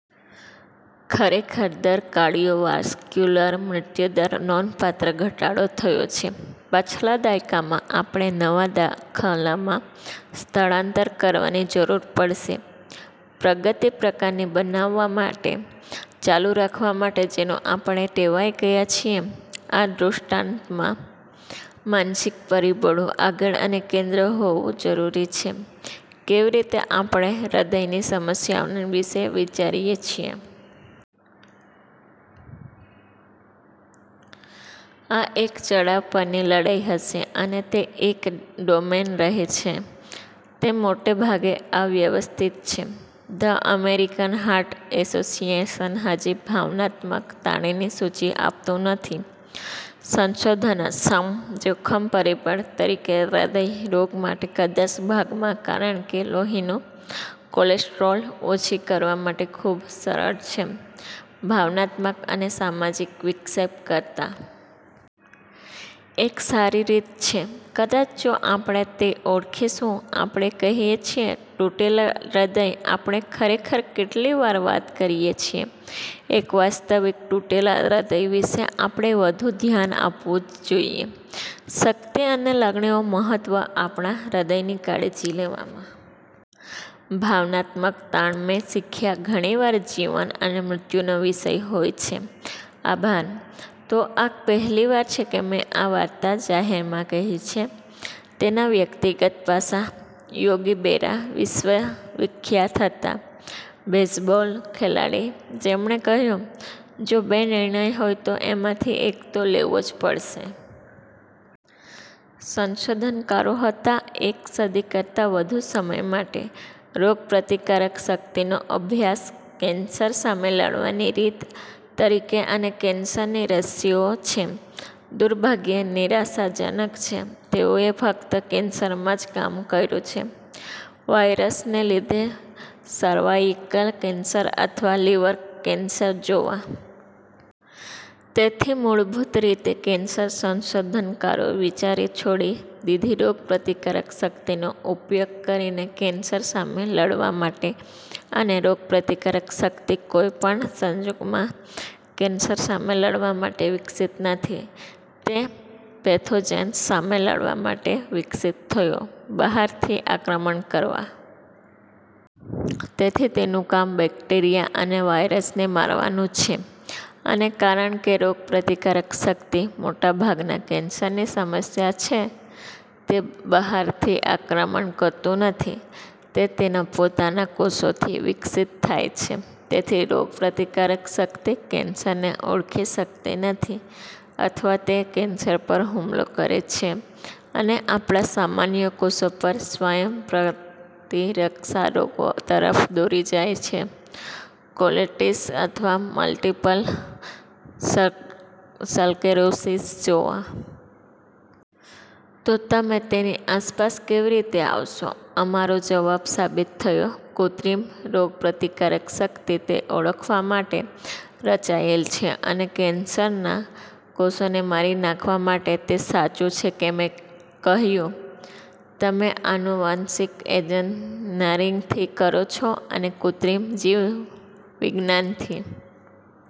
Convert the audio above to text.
ખરેખર દર કાર્ડિયોવાસ્ક્યુલર મૃત્યુદર નોંધપાત્ર ઘટાડો થયો છે પાછલા દાયકામાં. આપણે નવા દાખલામાં સ્થળાંતર કરવાની જરૂર પડશે પ્રગતિ પ્રકારની બનાવવા માટે, ચાલુ રાખવા માટે જેનો આપણે ટેવાઈ ગયા છીએ. આ દૃષ્ટાંતમાં માનસિક પરિબળો આગળ અને કેન્દ્ર હોવું જરૂરી છે કેવી રીતે આપણે હૃદયની સમસ્યાઓ ને વિશે વિચારીએ છીએ. આ એક ચડાવ પરની લડાઇ હશે અને તે એક ડોમેન રહે છે તે મોટે ભાગે અવ્યવસ્થિત છે. ધ અમેરિકન હાર્ટ એસોસિએશન હજી ભાવનાત્મક તાણી ની સૂચિ આપતું નથી. સંશોધનક્ષમ જોખમ પરિબળ તરીકે હૃદય રોગ માટે કદાચ ભાગમાં કારણ કે લોહીનું કોલેસ્ટરોલ ઓછી કરવા માટે ખૂબ સરળ છે ભાવનાત્મક અને સામાજિક વિક્ષેપ કરતાં. એક સારી રીત છે. કદાચ જો આપણે તે ઓળખીશું આપણે કહીએ છીએ "તૂટેલા હૃદય". આપણે ખરેખર કેટલી વાર વાત કરીએ છીએ એક વાસ્તવિક તૂટેલા હૃદય વિશે. આપણે વધુ ધ્યાન આપવું જ જોઇએ શક્તિ અને લાગણીઓ મહત્વ આપણા હૃદયની કાળજી લેવામાં. ભાવનાત્મક તાણ મેં શીખ્યા ઘણીવાર જીવન અને મૃત્યુનો વિષય હોય છે. આભાર. તો આ પહેલીવાર છે કે મેં આ વાર્તા જાહેરમાં કહી છે. તેના વ્યક્તિગત પાસાં. યોગી બેરા વિશ્વવિખ્યાત હતા બેઝબોલ ખેલાડી જેમણે કહ્યું, "જો બે નિર્ણય હોય તો એમાંથી એક તો લેવો જ પડશે". સંશોધનકારો હતા એક સદી કરતાં વધુ સમય માટે. રોગપ્રતિકારક શક્તિનો અભ્યાસ કેન્સર સામે લડવાની રીત તરીકે અને કેન્સરની રસીઓ છે, દુર્ભાગ્યે, નિરાશાજનક છે. તેઓએ ફક્ત કેન્સરમાં જ કામ કર્યું છે વાયરસને લીધે સર્વાઇકલ કેન્સર અથવા લીવર કેન્સર જોવા. તેથી મૂળભૂત રીતે કેન્સર સંશોધનકારો વિચારી છોડી દીધી રોગપ્રતિકારક શક્તિનો ઉપયોગ કરીને કેન્સર સામે લડવા માટે. અને રોગપ્રતિકારક શક્તિ કોઈ પણ સંજોગોમાં કેન્સર સામે લડવા માટે વિકસિત નથી. તે પેથોજેન્સ સામે લડવા માટે વિકસિત થયો બહારથી આક્રમણ કરવા. તેથી તેનું કામ બેક્ટેરિયા અને વાયરસને મારવાનું છે. અને કારણ કે રોગપ્રતિકારક શક્તિ મોટા ભાગના કેન્સરની સમસ્યા છે, તે બહારથી આક્રમણ કરતું નથી. તે તેના પોતાના કોષોથી વિકસિત થાય છે. તેથી રોગપ્રતિકારક શક્તિ કેન્સરને ઓળખી સકતી નથી અથવા તે કેન્સર પર હુમલો કરે છે અને આપણા સામાન્ય કોષો પર, સ્વયંપ્રતિરક્ષા રોગો તરફ દોરી જાય છે કોલિટીસ અથવા મલ્ટીપલ સલ સલકેરોસિસ જોવા. તો તમે તેની આસપાસ કેવી રીતે આવશો? અમારો જવાબ સાબિત થયો કુત્રિમ રોગપ્રતિકારક શક્તિ તે ઓળખવા માટે રચાયેલ છે અને કેન્સરના કોષોને મારી નાખવા માટે. તે સાચું છે કે મેં કહ્યું. તમે આનુવંશિક એજનરિંગથી કરો છો અને કૃત્રિમ જીવવિજ્ઞાન થી.